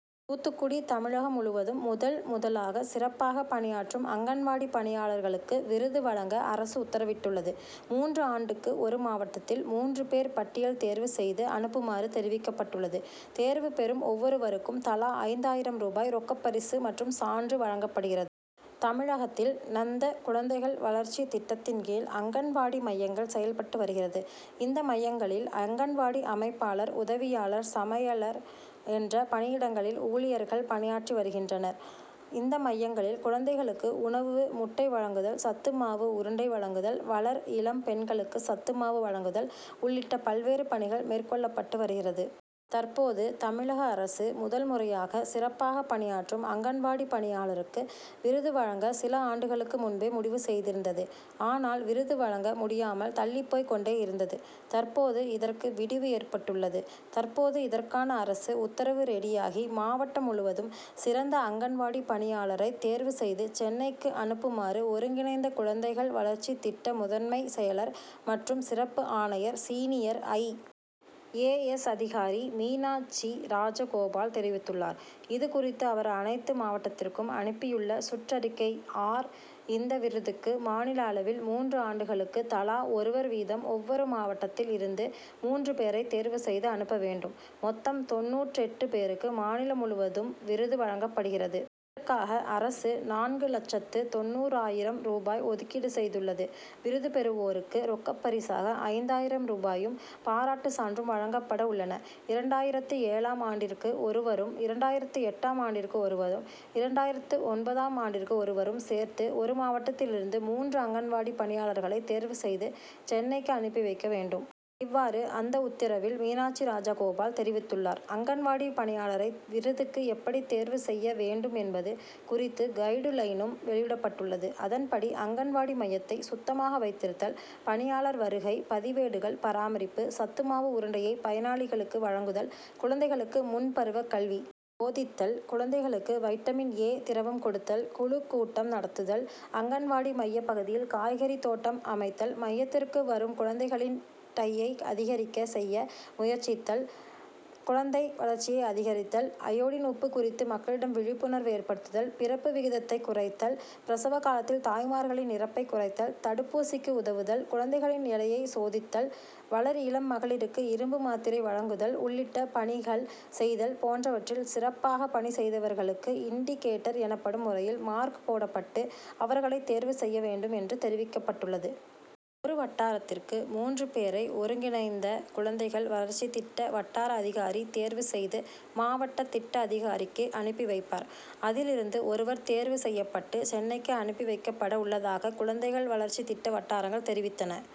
தூத்துக்குடி, தமிழகம் முழுவதும் முதல், முதலாக சிறப்பாக பணியாற்றும் அங்கன்வாடி பணியாளர்களுக்கு விருது வழங்க அரசு உத்தரவிட்டுள்ளது. மூன்று ஆண்டுக்கு ஒரு மாவட்டத்தில் மூன்று பேர் பட்டியல் தேர்வு செய்து அனுப்புமாறு தெரிவிக்கப்பட்டுள்ளது. தேர்வு பெறும் ஒவ்வொருவருக்கும் தலா ஐந்தாயிரம் ரூபாய் ரொக்கப்பரிசு மற்றும் சான்று வழங்கப்படுகிறது. தமிழகத்தில் ணந்த குழந்தைகள் வளர் ச்சி திட்டத்தின் கீழ் அங்கன்வாடி மையங்கள் செயல்பட்டு வருகிறது. இந்த மையங்களில் அங்கன்வாடி அமைப்பாளர், உதவியாளர், சமையலர் என்ற பணியிடங்களில் ஊழியர்கள் பணியாற்றி வருகின்றனர். இந்த மையங்களில் குழந்தைகளுக்கு உணவு, முட்டை வழங்குதல், சத்துமாவு உருண்டை வழங்குதல், வளர் இளம் பெண்களுக்கு சத்துமாவு வழங்குதல் உள்ளிட்ட பல்வேறு பணிகள் மேற்கொள்ளப்பட்டு வருகிறது. தற்போது தமிழக அரசு முதல் முறையாக சிறப்பாக பணியாற்றும் அங்கன்வாடி பணியாளருக்கு விருது வழங்க சில ஆண்டுகளுக்கு முன்பே முடிவு செய்திருந்தது. ஆனால் விருது வழங்க முடியாமல் தள்ளிப் போய் கொண்டே இருந்தது. தற்போது இதற்கு விடிவு ஏற்பட்டுள்ளது. தற்போது இதற்கான அரசு உத்தரவு ரெடியாகி மாவட்டம் முழுவதும் சிறந்த அங்கன்வாடி பணியாளரைத் தேர்வு செய்து சென்னைக்கு அனு ப்புமாறு ஒருங்கிணைந்த குழந்தைகள் வளர்ச்சி திட் ட முதன்மை செயலர் மற்றும் சிறப்பு ஆணையர் சீனியர் ஐ. ஏ. எஸ் அதிகாரி மீனா ட்சிராஜகோபால் தெரிவித்துள்ளார். இது குறித்து அவர் அனைத்து மாவட்டத்திற்கும் அனுப்பியுள்ள சுற்றறிக்கை ஆர். இந்த விருதுக்கு மாநில அளவில் மூன்று ஆண்டுகளுக்கு தலா ஒருவர் வீதம் ஒவ்வொரு மாவட்டத்தில் இருந்து மூன்று பேரை தேர்வு செய்து அனுப்ப வேண்டும். மொத்தம் தொண்ணூற்றெட்டு பேருக்கு மாநிலம் முழுவதும் விருது வழங்கப்படுகிறது. இதற்காக அரசு நான்கு லட்சத்து தொண்ணூறாயிரம் ரூபாய் ஒதுக்கீடு செய்துள்ளது. விருது பெறுவோருக்கு ரொக்கப்பரிசாக ஐந்தாயிரம் ரூபாயும், பாராட்டு சான்றும் வழங்கப்பட உள்ளன. இரண்டாயிரத்து ஏழாம் ஆண்டிற்கு ஒருவரும், இரண்டாயிரத்து எட்டாம் ஆண்டிற்கு ஒருவரும், இரண்டாயிரத்து ஒன்பதாம் ஆண்டிற்கு ஒருவரும் சேர்த்து ஒரு மாவட்டத்தில் இருந்து மூன்று அங்கன்வாடி பணியாளர்களை தேர்வு செய்து சென்னைக்கு அனுப்பி வைக்க வேண்டும். இவ்வாறு அந்த உத்தரவில் மீனாட்சிராஜகோபால் தெரிவித்துள்ளார். அங்கன்வாடி பணியாளரை விருதுக்கு எப்படி தேர்வு செய்ய வே ண்டும் என்பது குறித்து கைடுலைனும் வெளியிடப்பட்டுள்ளது. அதன்படி அங்கன்வாடி மையத்தை சுத்தமாக வைத்திருத்தல், பணியாளர் வருகை, பதிவேடுகள் பராமரிப்பு, சத்துமாவு உருண்டையை பயனாளிகளுக்கு வழங்குதல், குழந்தைகளுக்கு முன்பருவ கல்வி போதித்தல், குழந்தைகளுக்கு வைட்டமின் ஏ திரவம் கொடுத்தல், குழு கூட்டம் நடத்துதல், அங்கன்வாடி மைய பகுதியில் காய்கறி தோட்டம் அ மைத்தல், மையத்திற்கு வரும் குழந்தைகளின் டயை அதிகரிக்க செய்ய முயற்சித்தல், குழந்தை வளர்ச்சியை அதிகரித்தல், அயோடின் உப்பு குறித்து மக்களிடம் விழிப்புணர்வு ஏற்படுத்துதல், பிறப்பு விகிதத்தை குறைத்தல், பிரசவ காலத்தில் தாய்மார்களின் இறப்பை குறைத்தல், தடு ப்பூசிக்கு உதவுதல், குழந்தைகளின் எடையை சோ தித்தல், வளர்இளம் மகளிருக்கு இரும்புமாத்திரை வழங்குதல் உள்ளிட்ட பணிகள் செய்தல் போன்றவற்றில் சிறப்பாக பணி செய்தவர்களுக்கு இண்டிகேட்டர் எனப்படும் முறையில் மார்க் போடப்பட்டு அவர்களைத் தேர்வு செய்ய வேண்டும் என்று தெரிவிக்கப்பட்டுள்ளது. ஒரு வட்டாரத்திற்கு மூன்று பேரை ஒருங்கிணைந்த குழந்தைகள் வளர்ச்சி திட்ட வட்டார அதிகாரி தேர்வு செய்து மாவட்ட திட்ட அதிகாரிக்கு அனுப்பி வைப்பார். அதில் இருந்து ஒருவர் தேர்வு செ ய்யப்பட்டு சென்னைக்கு அனுப்பி வைக்கப்பட உள்ளதாக குழந்தைகள் வளர்ச்சி திட்ட வட்டாரங்கள் தெரிவித்தன.